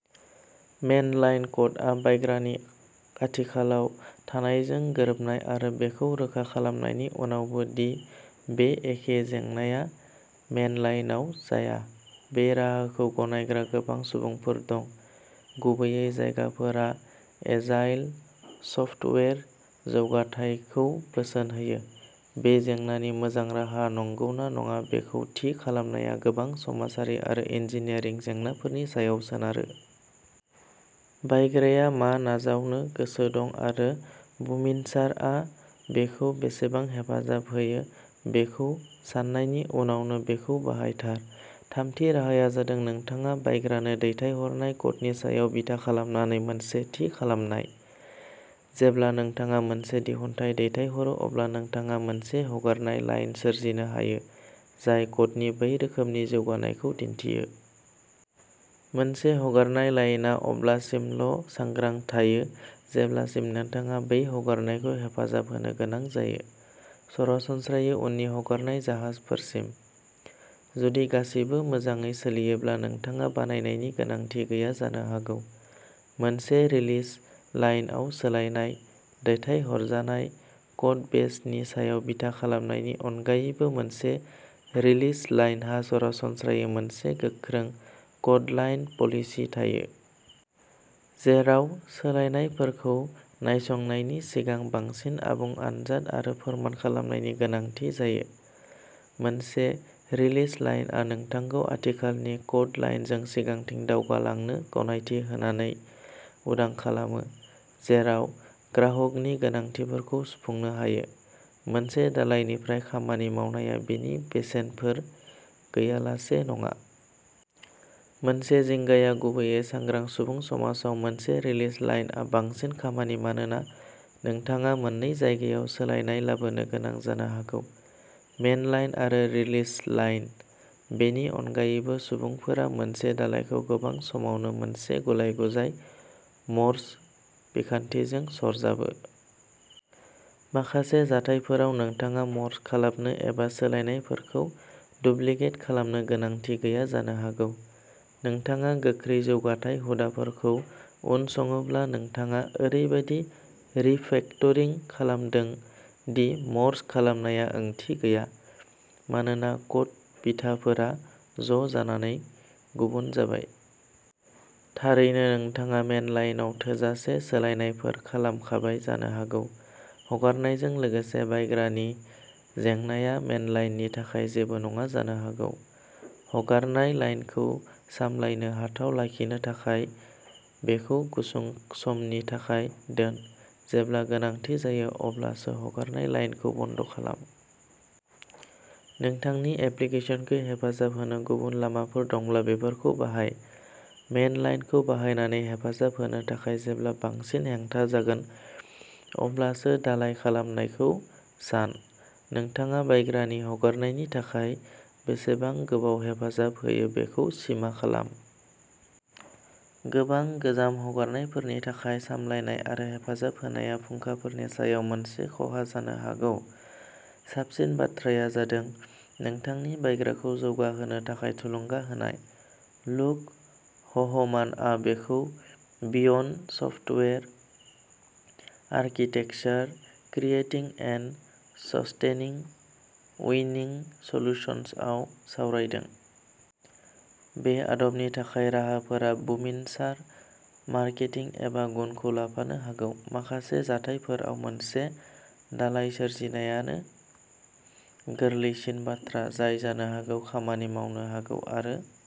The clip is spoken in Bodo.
मेनलाइन क'डआ बायग्रानि आथिखालाव थानायजों गोरोबनाय आरो बेखौ रोखा खालामनायनि उनावबो दि बे एखे जेंनाया मेनलाइनआव जाया। बे राहाखौ गनायग्रा गोबां सुबुंफोर दं। गुबैयै जायफोरा एजाइल सफ्टवेयार जौगाथायखौ बोसोन होयो। बे जेंनानि मोजां राहा नंगौना नङा बेखौ थि खालामनाया गोबां समाजारि आरो इन्जिनियारिं जेंनाफोरनि सायाव सोनारो। बायग्राया मा नाजावनो गोसो दं आरो बुमिनसारआ बेखौ बेसेबां हेफाजाब होयो बेखौ साननायनि उनावनो बेखौ बाहायथार। थामथि राहाया जादों नोंथाङा बायग्रानो दैथायहरनाय क'डनि सायाव बिथा खालामनानै मोनसे थि खालामनाय। जेब्ला नोंथाङा मोनसे दिहुनथाय दैथायहरो अब्ला नोंथाङा मोनसे हगारनाय लाइन सोरजिनो हायो जाय क'डनि बै रोखोमनि जौगानायखौ दिन्थियो। मोनसे हगारनाय लाइनआ अब्लासिमल'सांग्रां थायो जेब्लासिम नोंथाङा बै हगारनायखौ हेफाजाब होनो गोनां जायो। सरासनस्रायै उननि हगारनाय जाहाजफोरसिम। जुदि गासिबो मोजाङै सोलियोब्ला नोंथाङा बानायनायनि गोनांथि गैया जानो हागौ। मोनसे रिलिज लाइनआव सोलायनाय। दैथायहरजानाय कडबेसनि सायाव बिथा खालामनायनि अनगायैबो मोनसे रिलिज लाइनहा सरासनस्रायै मोनसे गोख्रों क'डलाइन पलिसि थायो। जेराव सोलायनायफोरखौ नायसंनायनि सिगां बांसिन आबुं आनजाद आरो फोरमान खालामनायनि गोनांथि जायो। मोनसे रिलिज लाइनआ नोंथांखौ आथिखालनि क'डलाइनजों सिगांथिं दावगालांनो गनायथि होनानै उदां खालामो। जेराव ग्राहकनि गोनांथिफोरखौ सुफुंनो हायो। मोनसे दालायनिफ्राय खामानि मावनाया बेनि बेसेनफोर गैयालासे नङा। मोनसे जिंगाया गुबैयै सांग्रां सुबुं समाजाव मोनसे रिलिज लाइनआ बांसिन खामानि मानोना नोंथाङा मोननै जायगायाव सोलायनाय लाबोनो गोनां जानो हागौ। मेनलाइन आरो रिलिज लाइन। बेनि अनगायैबो, सुबुंफोरा मोनसे दालायखौ गोबां समावनो मोनसे गुलाय-गुजाय मर्ज बिखान्थिजों सरजाबो। माखासे जाथायफोराव नोंथाङा मर्ज खालामनो एबा सोलायनायफोरखौ डुप्लिकेट खालामनो गोनांथि जाया जानो हागौ। नोंथाङा गोख्रै जौगाथाय हुदाफोरखौ उनसङोब्ला नोंथाङा ओरैबादि रिफेक्टरिं खालामदों दि मर्ज खालामनाया ओंथि गैया। मानोना क'ड बिथाफोरा ज'जानानै गुबुन जाबाय। थारैनो नोंथाङा मेनलाइनआव थोजासे सोलायनायफोर खालामखाबाय जानो हागौ। हगारनायजों लोगोसे बायग्रानि जेंनाया मेनलाइननि थाखाय जेबो नङा जानो हागौ। हगारनाय लाइनखौ सामलायनो हाथाव लाखिनो थाखाय बेखौ गुसुं समनि थाखाय दोन। जेब्ला गोनांथि जायो अब्लासो हगारनाय लाइनखौ बन्द खालाम। नोंथांनि एप्लिकेसनखौ हेफाजाब होनो गुबुन लामाफोर दंब्ला बेफोरखौ बाहाय। मेनलाइनखौ बाहायनानै हेफाजाब होनो थाखाय जेब्ला बांसिन हेंथा जागोन अब्लासो दालाइ खालामनायखौ सान। नोंथाङा बायग्रानि हगारनायनि थाखाय बेसेबां गोबाव हेफाजाब होयो बेखौ सिमा खालाम। गोबां गोजाम हगारनायफोरनि थाखाय सामलायनाय आरो हेफाजाब होनाया फुंखाफोरनि सायाव मोनसे खहा जानो हागौ। साबसिन बाथ्राया जादों नोंथांनि बायग्राखौ जौगा होनो थाखाय थुलुंगा होनाय। लुक ह'हमानआ बेखौ beyond software architecture creating and sustaining winning सलुशनसआव सावरायदों। बे आदबनि थाखाय राहाफोरा बुमिनसार मारकेटिं एबा गुनखौ लाफानो हागौ। माखासे जाथायफोराव मोनसे दालाय सोरजिनायानो गोरलैसिन बाथ्रा जाय जानो हागौ खामानि मावनो हागौ आरो